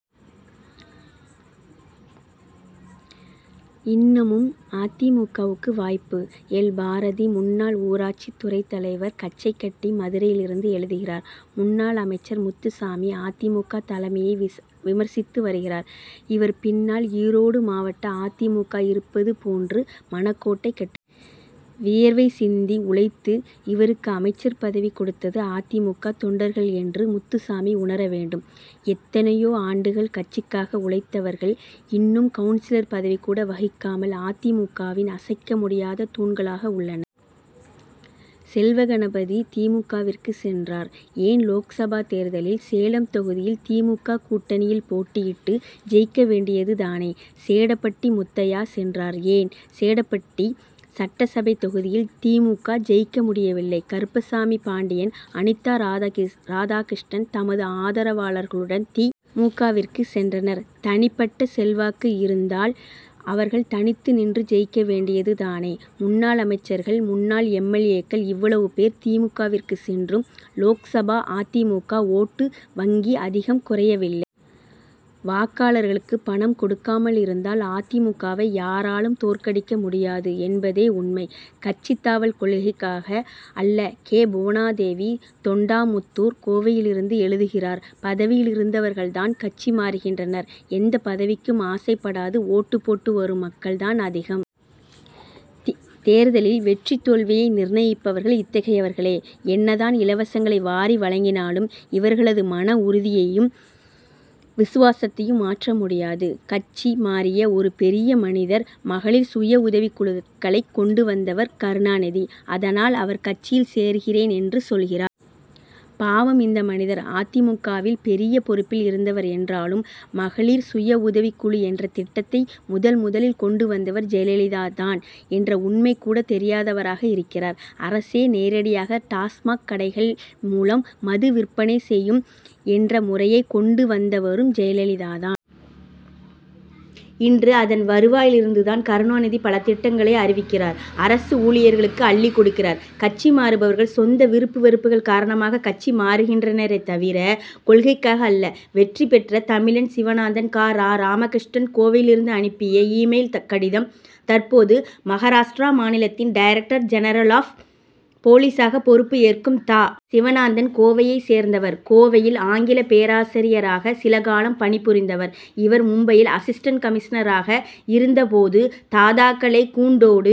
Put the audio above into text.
இன்னமும் அ. தி. மு. க.வுக்கு வாய்ப்பு! எல். பாரதி, முன்னாள் ஊராட்சி துறைத்தலைவர், கச்சைகட்டி, மதுரையிலிருந்து எழுதுகிறார் முன்னாள் அமைச்சர் முத்துசாமி, அ. தி. மு. க. தலைமையை விமர்சித்து வருகிறார். இவர் பின்னால், ஈரோடு மாவட்ட அ. தி. மு. க. இருப்பது போன்று மனக்கோட்டை கட்டு வியர்வை சிந்தி உழைத்து இவருக்கு அமைச்சர் பதவி கொடுத்தது, அ. தி. மு. க. தொண்டர்கள் என்று, முத்துசாமி உணர வேண்டும். எத்தனையோ ஆண்டுகள் கட்சிக்காக உழைத்தவர்கள், இன்னும் கவுன்சிலர் பதவி கூட வகிக்காமல், அ. தி. மு. க.வின் அசைக்க முடியாத தூண்களாக உள்ளனர். செல்வகணபதி, தி. மு. க. விற்கு சென்றார் ஏன்லோக்சபா தேர்தலில், சேலம் தொகுதியில், தி. மு. க. கூட்டணியில் போட்டியிட்டு, ஜெயிக்க வேண்டியது தானே! சேடபட்டி முத்தையா சென்றார் ஏன், சேடபட்டி சட்டசபை தொகுதியில், தி. மு. க. ஜெயிக்க முடியவில்லை? கருப்புசாமி பாண்டியன், அனிதா ராதாகிருஷ்ணன் தமது ஆதரவாளர்களுடன், தி. மு. க.விற்கு சென்றனர். தனிபட்ட செல்வாக்கு இருந்தால், அவர்கள் தனித்து நின்று ஜெயிக்க வேண்டியது தானே! முன்னாள் அமைச்சர்கள், முன்னாள் எம். எல். ஏ.க்கள், இவ்வளவு பேர் தி. மு. க. விற்கு சென்றும், லோக்சபா அ. தி. மு. க. ஓட்டு வங்கி, அதிகம் குறையவில்லை. வாக்காளர்களுக்கு பணம் கொடுக்காமல் இருந்தால், அ. தி. மு. க.வை யாராலும் தோற்கடிக்க முடியாது என்பதே உண்மை. கட்சி தாவல் கொள்கைக்காக அல்ல! கே. புவனாதேவி, தொண்டாமுத்தூர், கோவையிலிருந்து எழுதுகிறார் பதவியில் இருந்தவர்கள் தான் கட்சி மாறுகின்றனர். எந்தப் பதவிக்கும் ஆசைப்படாது ஓட்டுப் போட்டு வரும் மக்கள் தான் அதிகம். தேர்தலில் வெற்றி, தோல்வியை நிர்ணயிப்பவர்கள் இத்தகையவர்களே. என்ன தான் இலவசங்களை வாரி வழங்கினாலும், இவர்களது மன உறுதியையும், விசுவாசத்தையும் மாற்ற முடியாது. கட்சி மாறிய ஒரு பெரிய மனிதர், மகளிர் சுய உதவிக் குழுக்களைக் கொண்டு வந்தவர் கருணாநிதி. அதனால், அவர் கட்சியில் சேர்கிறேன் என்று சொல்கிறார். பாவம் இந்த மனிதர் அ. தி. மு. க. வில் பெரிய பொறுப்பில் இருந்தவர் என்றாலும், மகளிர் சுயஉதவிக் குழு என்ற திட்டத்தை முதன்முதலில் கொண்டு வந்தவர் ஜெயலலிதா தான் என்ற உண்மை கூட தெரியாதவராக இருக்கிறார். அரசே நேரடியாக டாஸ்மாக் கடைகள் மூலம் மது விற்பனை செயும் என்ற முறையை கொண்டு வந்தவரும் ஜெயலலிதா தான். இன்று அதன் வருவாயில் இருந்து தான், கருணாநிதி பல நலத்திட்டங்களை அறிவிக்கிறார். அரசு ஊழியர்களுக்கு அள்ளிக் கொடுக்கிறார். கட்சி மாறுபவர்கள், சொந்த, விருப்பு வெறுப்புகள் காரணமாக கட்சி மாறுகின்றனரே தவிர, கொள்கைகளுக்காக அல்ல. வெற்றி பெற்ற தமிழன் சிவானந்தன் கா. ரா. ராமகிருஷ்ணன், கோவையிலிருந்து அனுப்பிய, இ-மெயில் கடிதம் தற்போது, மகாராஷ்டிர மாநிலத்தின் டைரக்டர் ஜெனரல் ஆப் போலீசாக பொறுப்பு ஏற்கும் தா. சிவானந்தன், கோவையைச் சேர்ந்தவர். கோவையில், ஆங்கில பேராசிரியராக சில காலம் பணிபுரிந்தவர். இவர் மும்பையில், அசிஸ்டன்ட் கமிஷனராக இருந்த போது, தாதாக்களை கூண்டோடு